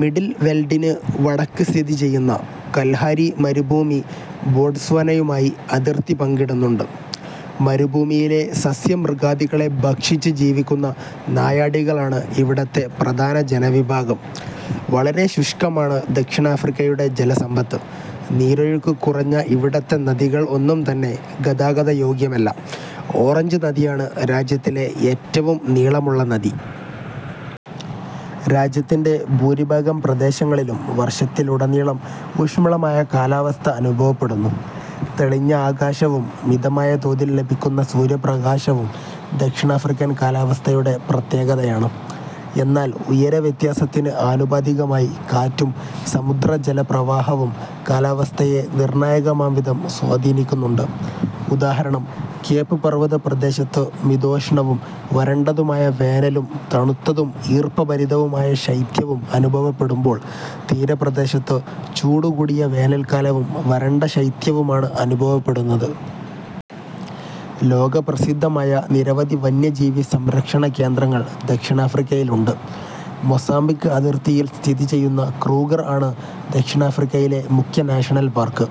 Middle വെൽഡിന് വടക്കു സ്ഥിതിചെയ്യുന്ന കൽഹാരി മരുഭൂമി ബോട്സ്വാനയുമായി അതിർത്തി പങ്കിടുന്നുണ്ട്. മരുഭൂമിയിലെ സസ്യ-മൃഗാദികളെ ഭക്ഷിച്ചു ജീവിക്കുന്ന നായാടികളാണ് ഇവിടത്തെ പ്രധാന ജനവിഭാഗം. വളരെ ശുഷ്കമാണ് ദക്ഷിണാഫ്രിക്കയുടെ ജലസമ്പത്ത്. നീരൊഴുക്കു കുറഞ്ഞ ഇവിടത്തെ നദികൾ ഒന്നുംതന്നെ ഗതാഗതയോഗ്യമല്ല. ഓറഞ്ച് നദിയാണ് രാജ്യത്തിലെ ഏറ്റവും നീളമുള്ള നദി. രാജ്യത്തിന്റെ ഭൂരിഭാഗം പ്രദേശങ്ങളിലും വർഷത്തിലുടനീളം ഊഷ്മളമായ കാലാവസ്ഥ അനുഭവപ്പെടുന്നു. തെളിഞ്ഞ ആകാശവും മിതമായ തോതിൽ ലഭിക്കുന്ന സൂര്യപ്രകാശവും ദക്ഷിണാഫ്രിക്കൻ കാലാവസ്ഥയുടെ പ്രത്യേകതയാണ്. എന്നാൽ ഉയരവ്യത്യാസത്തിന് ആനുപാതികമായി കാറ്റും സമുദ്രജലപ്രവാഹവും കാലാവസ്ഥയെ നിർണായകമാംവിധം സ്വാധീനിക്കുന്നുണ്ട്. ഉദാ. കേപ് പർവത പ്രദേശത്ത് മിതോഷ്ണവും വരണ്ടതുമായ വേനലും തണുത്തതും ഈർപ്പഭരിതവുമായ ശൈത്യവും അനുഭവപ്പെടുമ്പോൾ തീരപ്രദേശത്ത് ചൂടു കൂടിയ വേനൽക്കാലവും വരണ്ട ശൈത്യവുമാണ് അനുഭവപ്പെടുന്നത്. ലോകപ്രസിദ്ധമായ നിരവധി വന്യജീവി സംരക്ഷണ കേന്ദ്രങ്ങൾ ദക്ഷിണാഫ്രിക്കയിലുണ്ട്. മൊസാംബിക് അതിർത്തിയിൽ സ്ഥിതിചെയ്യുന്ന ക്രൂഗർ ആണ് ദക്ഷിണാഫ്രിക്കയിലെ മുഖ്യ നാഷണൽ പാർക്ക്.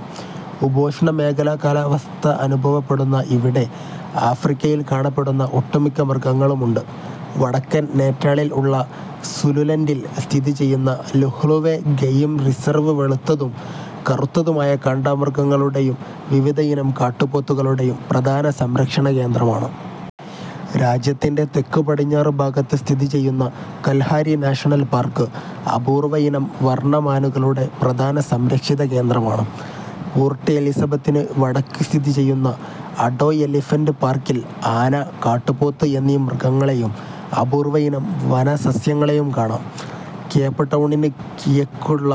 ഉപോഷ്ണ മേഖലാ കാലാവസ്ഥ അനുഭവപ്പെടുന്ന ഇവിടെ ആഫ്രിക്കയിൽ കാണപ്പെടുന്ന ഒട്ടുമിക്ക മൃഗങ്ങളുമുണ്ട്. വടക്കൻ നേറ്റാളിൽ ഉള്ള സുലുലൻഡിൽ സ്ഥിതിചെയ്യുന്ന ലുഹ്ലുവെ ഗെയിം റിസർവ് വെളുത്തതും കറുത്തതുമായ കാണ്ടാമൃഗങ്ങളുടെയും വിവിധയിനം കാട്ടുപോത്തുകളുടെയും പ്രധാന സംരക്ഷണ കേന്ദ്രമാണ്. രാജ്യത്തിന്റെ തെക്കു പടിഞ്ഞാറു ഭാഗത്ത് സ്ഥിതിചെയ്യുന്ന കൽഹാരി നാഷണൽ പാർക്ക് അപൂർവയിനം വർണ മാനുകളുടെ പ്രധാന സംരക്ഷിത കേന്ദ്രമാണ്. പോർട്ട് എലിസബത്തിന് വടക്കു സ്ഥിതിചെയ്യുന്ന അഡോ എലിഫന്റ് പാർക്കിൽ ആന, കാട്ടുപോത്ത് എന്നീ മൃഗങ്ങളെയും അപൂർവയിനം വനസസ്യങ്ങളെയും കാണാം. കേപ് ടൌണിന് കിഴക്കുള്ള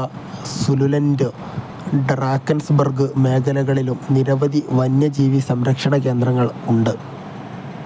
സുലുലൻഡ്, ഡ്രാക്കൻസ്ബർഗ് മേഖലകളിലും നിരവധി വന്യജീവി സംരക്ഷണകേന്ദ്രങ്ങൾ ഉണ്ട്.